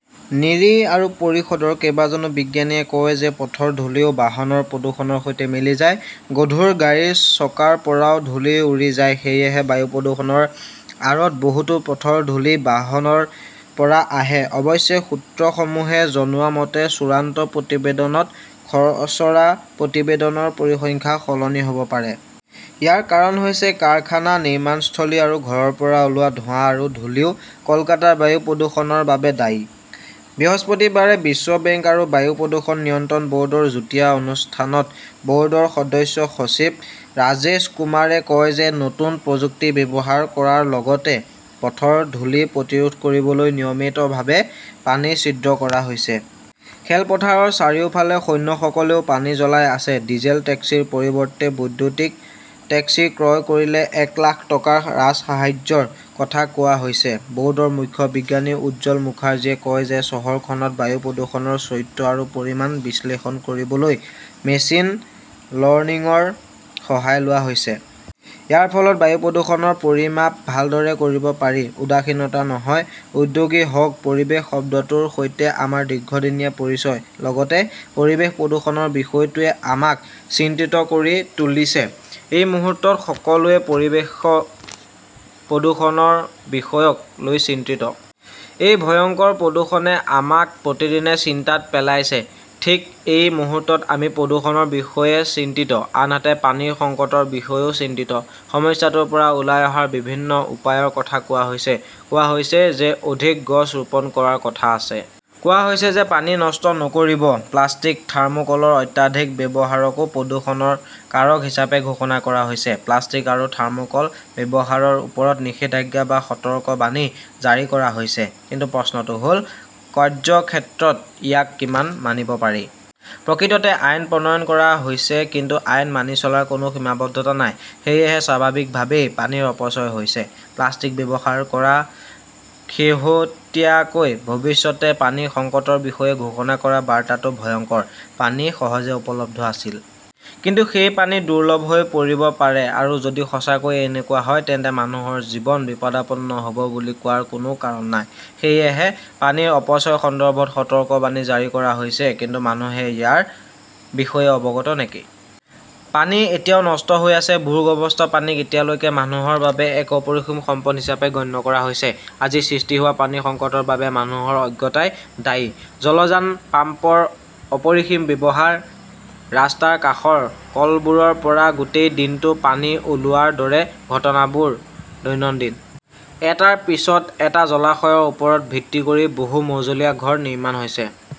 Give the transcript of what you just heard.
নিৰী আৰু পৰিষদৰ কেইবাজনো বিজ্ঞানীয়ে কয় যে, পথৰ ধূলিও বাহনৰ প্ৰদূষণৰ সৈতে মিলি যায়। গধুৰ গাড়ীৰ চকাৰ পৰাও ধূলি উৰি যায়। সেয়েহে বায়ু প্ৰদূষণৰ আঁৰত বহুতো পথৰ ধূলি বাহনৰ পৰা আহে। অৱশ্যে, সূত্ৰসমূহে জনোৱা মতে, চূড়ান্ত প্ৰতিবেদনত খচৰা প্ৰতিবেদনৰ পৰিসংখ্যা সলনি হ'ব পাৰে। ইয়াৰ কাৰণ হৈছে কাৰখানা, নিৰ্মাণস্থলী আৰু ঘৰৰ পৰা ওলোৱা ধোঁৱা আৰু ধূলিও কলকাতাৰ বায়ু প্ৰদূষণৰ বাবে দায়ী। বৃহস্পতিবাৰে বিশ্ব বেংক আৰু বায়ু প্ৰদূষণ নিয়ন্ত্ৰণ ব'ৰ্ডৰ যুটীয়া অনুষ্ঠানত ব'ৰ্ডৰ সদস্য-সচিব ৰাজেশ কুমাৰে কয় যে নতুন প্ৰযুক্তি ব্যৱহাৰ কৰাৰ লগতে পথৰ ধূলি প্ৰতিৰোধ কৰিবলৈ নিয়মিতভাৱে পানী ছিদ্ৰ কৰা হৈছে। খেলপথাৰৰ চাৰিওফালে সৈন্যসকলেও পানী জ্বলাই আছে। ডিজেল টেক্সিৰ পৰিৱৰ্তে বৈদ্যুতিক টেক্সি ক্ৰয় কৰিলে এক লাখ টকাৰ ৰাজসাহায্যৰ কথা কোৱা হৈছে। ব'ৰ্ডৰ মুখ্য বিজ্ঞানী উজ্জ্বল মুখাৰ্জীয়ে কয় যে, চহৰখনত বায়ু প্ৰদূষণৰ চৰিত্ৰ আৰু পৰিমাণ বিশ্লেষণ কৰিবলৈ 'মেচিন লৰ্ণিঙৰ সহায় লোৱা হৈছে। ইয়াৰ ফলত বায়ু প্ৰদূষণৰ পৰিমাপ ভালদৰে কৰিব পাৰি। উদাসীনতা নহয়-উদ্যোগী হওক পৰিৱেশ শব্দটোৰ সৈতে আমাৰ দীৰ্ঘদিনীয়া পৰিচয়। লগতে পৰিৱেশ প্ৰদূষণৰ বিষয়টোৱে আমাক চিন্তিত কৰি তুলিছে। এই মুহূৰ্তত সকলোৱে পৰিৱেশ প্ৰদূষণৰ বিষয়ক লৈ চিন্তিত। এই ভয়ংকৰ প্ৰদূষণে আমাক প্ৰতিদিনে চিন্তাত পেলাইছে। ঠিক এই মুহূৰ্তত আমি প্ৰদূষণৰ বিষয়ে চিন্তিত, আনহাতে পানীৰ সংকটৰ বিষয়েও চিন্তিত। সমস্যাটোৰ পৰা ওলাই অহাৰ বিভিন্ন উপায়ৰ কথা কোৱা হৈছে। কোৱা হৈছে যে ,অধিক গছ ৰোপণ কৰাৰ কথা আছে। কোৱা হৈছে যে পানী নষ্ট নকৰিব। প্লাষ্টিক, থাৰ্মোকোলৰ অত্যাধিক ব্যৱহাৰকো প্ৰদূষণৰ কাৰক হিচাপে ঘোষণা কৰা হৈছে। প্লাষ্টিক আৰু থাৰ্মোকোল ব্যৱহাৰৰ ওপৰত নিষেধাজ্ঞা বা সতৰ্কবাণী জাৰি কৰা হৈছে। কিন্তু প্ৰশ্নটো হ'ল, কাৰ্যক্ষেত্ৰত ইয়াক কিমান মানিব পাৰি? প্ৰকৃততে আইন প্ৰণয়ন কৰা হৈছে কিন্তু আইন মানি চলাৰ কোনো সীমাবদ্ধতা নাই। সেয়েহে স্বাভাৱিকভাৱেই পানীৰ অপচয় হৈছে। প্লাষ্টিক ব্যৱহাৰ কৰা হৈছে। শেহতীয়াকৈ ভৱিষ্যতে পানীৰ সংকটৰ বিষয়ে ঘোষণা কৰা বাৰ্তাটো ভয়ংকৰ। পানী সহজে উপলব্ধ আছিল। কিন্তু সেই পানী দুৰ্লভ হৈ পৰিব পাৰে। আৰু যদি সঁচাকৈয়ে এনেকুৱা হয় তেন্তে মানুহৰ জীৱন বিপদাপন্ন হ'ব বুলি কোৱাৰ কোনো কাৰণ নাই। সেয়েহে পানীৰ অপচয়ৰ সন্দৰ্ভত সতৰ্কবাণী জাৰি কৰা হৈছে। কিন্তু মানুহে ইয়াৰ বিষয়ে অৱগত নেকি? পানী এতিয়াও নষ্ট হৈ আছে। ভূগৰ্ভস্থ পানীক এতিয়ালৈকে মানুহৰ বাবে এক অপৰিসীম সম্পদ হিচাপে গণ্য কৰা হৈছে। আজি সৃষ্টি হোৱা পানীৰ সংকটৰ বাবে মানুহৰ অজ্ঞতাই দায়ী। জলযান পাম্পৰ অপৰিসীম ব্যৱহাৰ, ৰাস্তাৰ কাষৰ কলবোৰৰ পৰা গোটেই দিনটো পানী ওলোৱাৰ দৰে ঘটনাবোৰ দৈনন্দিন। এটাৰ পিছত এটা জলাশয়ৰ ওপৰত ভিত্তি কৰি বহু-মজলীয়া ঘৰ নিৰ্মাণ হৈছে ।